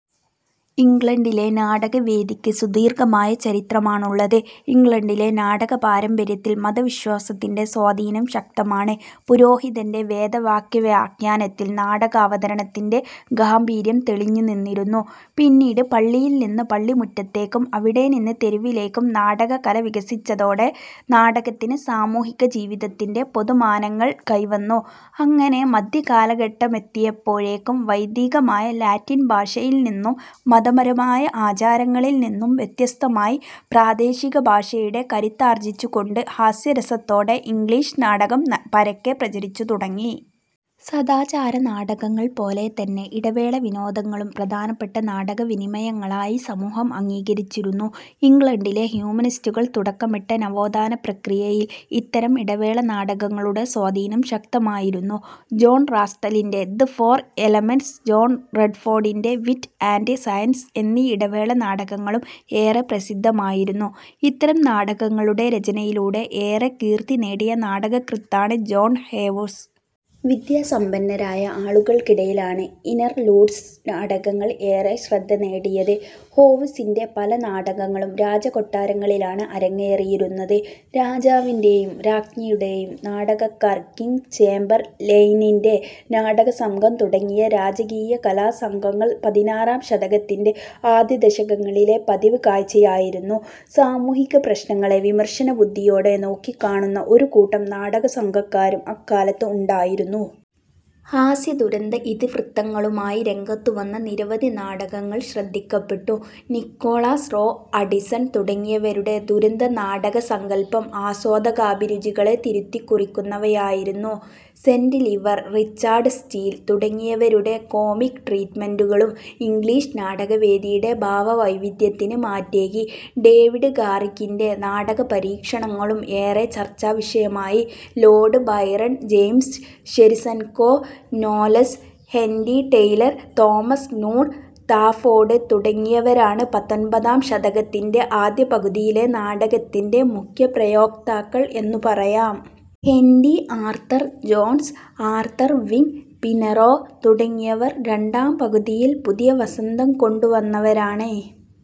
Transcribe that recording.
ഇംഗ്ലണ്ടിലെ നാടകവേദിക്ക് സുദീർഘമായ ചരിത്രമാണുള്ളത്. ഇംഗ്ലണ്ടിലെ നാടകപാരമ്പര്യത്തിൽ മതവിശ്വാസത്തിന്റെ സ്വാധീനം ശക്തമാണ്. പുരോഹിതന്റെ വേദവാക്യവ്യാഖ്യാനത്തിൽ നാടകാവതരണത്തിന്റെ ഗാംഭീര്യം തെളിഞ്ഞുനിന്നിരുന്നു. പിന്നീട് പള്ളിയിൽനിന്ന് പള്ളിമുറ്റത്തേക്കും അവിടെനിന്ന് തെരുവിലേക്കും നാടകകല വികസിച്ചതോടെ നാടകത്തിന് സാമൂഹിക ജീവിതത്തിന്റെ പൊതുമാനങ്ങൾ കൈവന്നു. അങ്ങനെ മധ്യകാലഘട്ടമെത്തിയപ്പോഴേക്കും വൈദികമായ ലാറ്റിൻഭാഷയിൽനിന്നും മതപരമായ ആചാരങ്ങളിൽനിന്നും വ്യത്യസ്തമായി പ്രാദേശികഭാഷയുടെ കരുത്താർജിച്ചുകൊണ്ട് ഹാസ്യരസത്തോടെ ഇംഗ്ലീഷ് നാടകം പരക്കെ പ്രചരിച്ചുതുടങ്ങി. സദാചാര നാടകങ്ങൾപോലെതന്നെ ഇടവേള വിനോദങ്ങളും പ്രധാനപ്പെട്ട നാടകവിനിമയങ്ങളായി സമൂഹം അംഗീകരിച്ചിരുന്നു. ഇംഗ്ലണ്ടിലെ ഹ്യൂമനിസ്റ്റുകൾ തുടക്കമിട്ട നവോത്ഥാനപ്രക്രിയയിൽ ഇത്തരം ഇടവേള നാടകങ്ങളുടെ സ്വാധീനം ശക്തമായിരുന്നു. ജോൺ റാസ്ടലിന്റെ ദ് ഫോർ എലമെന്റ്സ്, ജോൺ റെഡ്ഫോഡിന്റെ വിറ്റ് ആൻഡ് സയൻസ് എന്നീ ഇടവേള നാടകങ്ങളും ഏറെ പ്രസിദ്ധമായിരുന്നു. ഇത്തരം നാടകങ്ങളുടെ രചനയിലൂടെ ഏറെ കീർത്തി നേടിയ നാടകകൃത്താണ് ജോൺ ഹേവുസ്. വിദ്യാസമ്പന്നരായ ആളുകൾക്കിടയിലാണ് ഇൻർലൂഡ്സ് നാടകങ്ങൾ ഏറെ ശ്രദ്ധ നേടിയത്. ഹോവുസിന്റെ പല നാടകങ്ങളും രാജകൊട്ടാരങ്ങളിലാണ് അരങ്ങേറിയിരുന്നത്. രാജാവിന്റെയും രാജ്ഞിയുടെയും നാടകക്കാർ, കിങ് ചേംബർ ലെയിനിന്റെ നാടകസംഘം തുടങ്ങിയ രാജകീയ കലാസംഘങ്ങൾ പതിനാറാം ശതകത്തിന്റെ ആദ്യദശകങ്ങളിലെ പതിവുകാഴ്ചയായിരുന്നു. സാമൂഹിക പ്രശ്നങ്ങളെ വിമർശന ബുദ്ധിയോടെ നോക്കിക്കാണുന്ന ഒരുകൂട്ടം നാടകസംഘക്കാരും അക്കാലത്ത് ഉണ്ടായിരുന്നു. ഹാസ്യ-ദുരന്ത ഇതിവൃത്തങ്ങളുമായി രംഗത്തുവന്ന നിരവധി നാടകങ്ങൾ ശ്രദ്ധിക്കപ്പെട്ടു. നിക്കോളാസ് റോ, അഡിസൺ തുടങ്ങിയവരുടെ ദുരന്ത നാടകസങ്കല്പം ആസ്വാദകാഭിരുചികളെ തിരുത്തിക്കുറിക്കുന്നവയായിരുന്നു. സെന്റ് ലിവർ, റിച്ചാഡ് സ്റ്റീൽ തുടങ്ങിയവരുടെ കോമിക് ട്രീറ്റുമെന്റുകളും ഇംഗ്ലീഷ് നാടകവേദിയുടെ ഭാവവൈവിധ്യത്തിന് മാറ്റേകി. ഡേവിഡ് ഗാറിക്കിന്റെ നാടകപരീക്ഷണങ്ങളും ഏറെ ചർച്ചാവിഷയമായി. Lord Byron, James Sheridan, Knowles, Henry Taylor, Thomas Noon Talfourd തുടങ്ങിയവരാണ് പത്തൊൻപതാം ശതകത്തിന്റെ ആദ്യപകുതിയിലെ നാടകത്തിന്റെ മുഖ്യ പ്രയോക്താക്കൾ എന്നു പറയാം. Henry Arthur Jones, Arthur Wing Pinero തുടങ്ങിവർ രണ്ടാംപകുതിയിൽ പുതിയ വസന്തംകൊണ്ടുവന്നവരാണ്.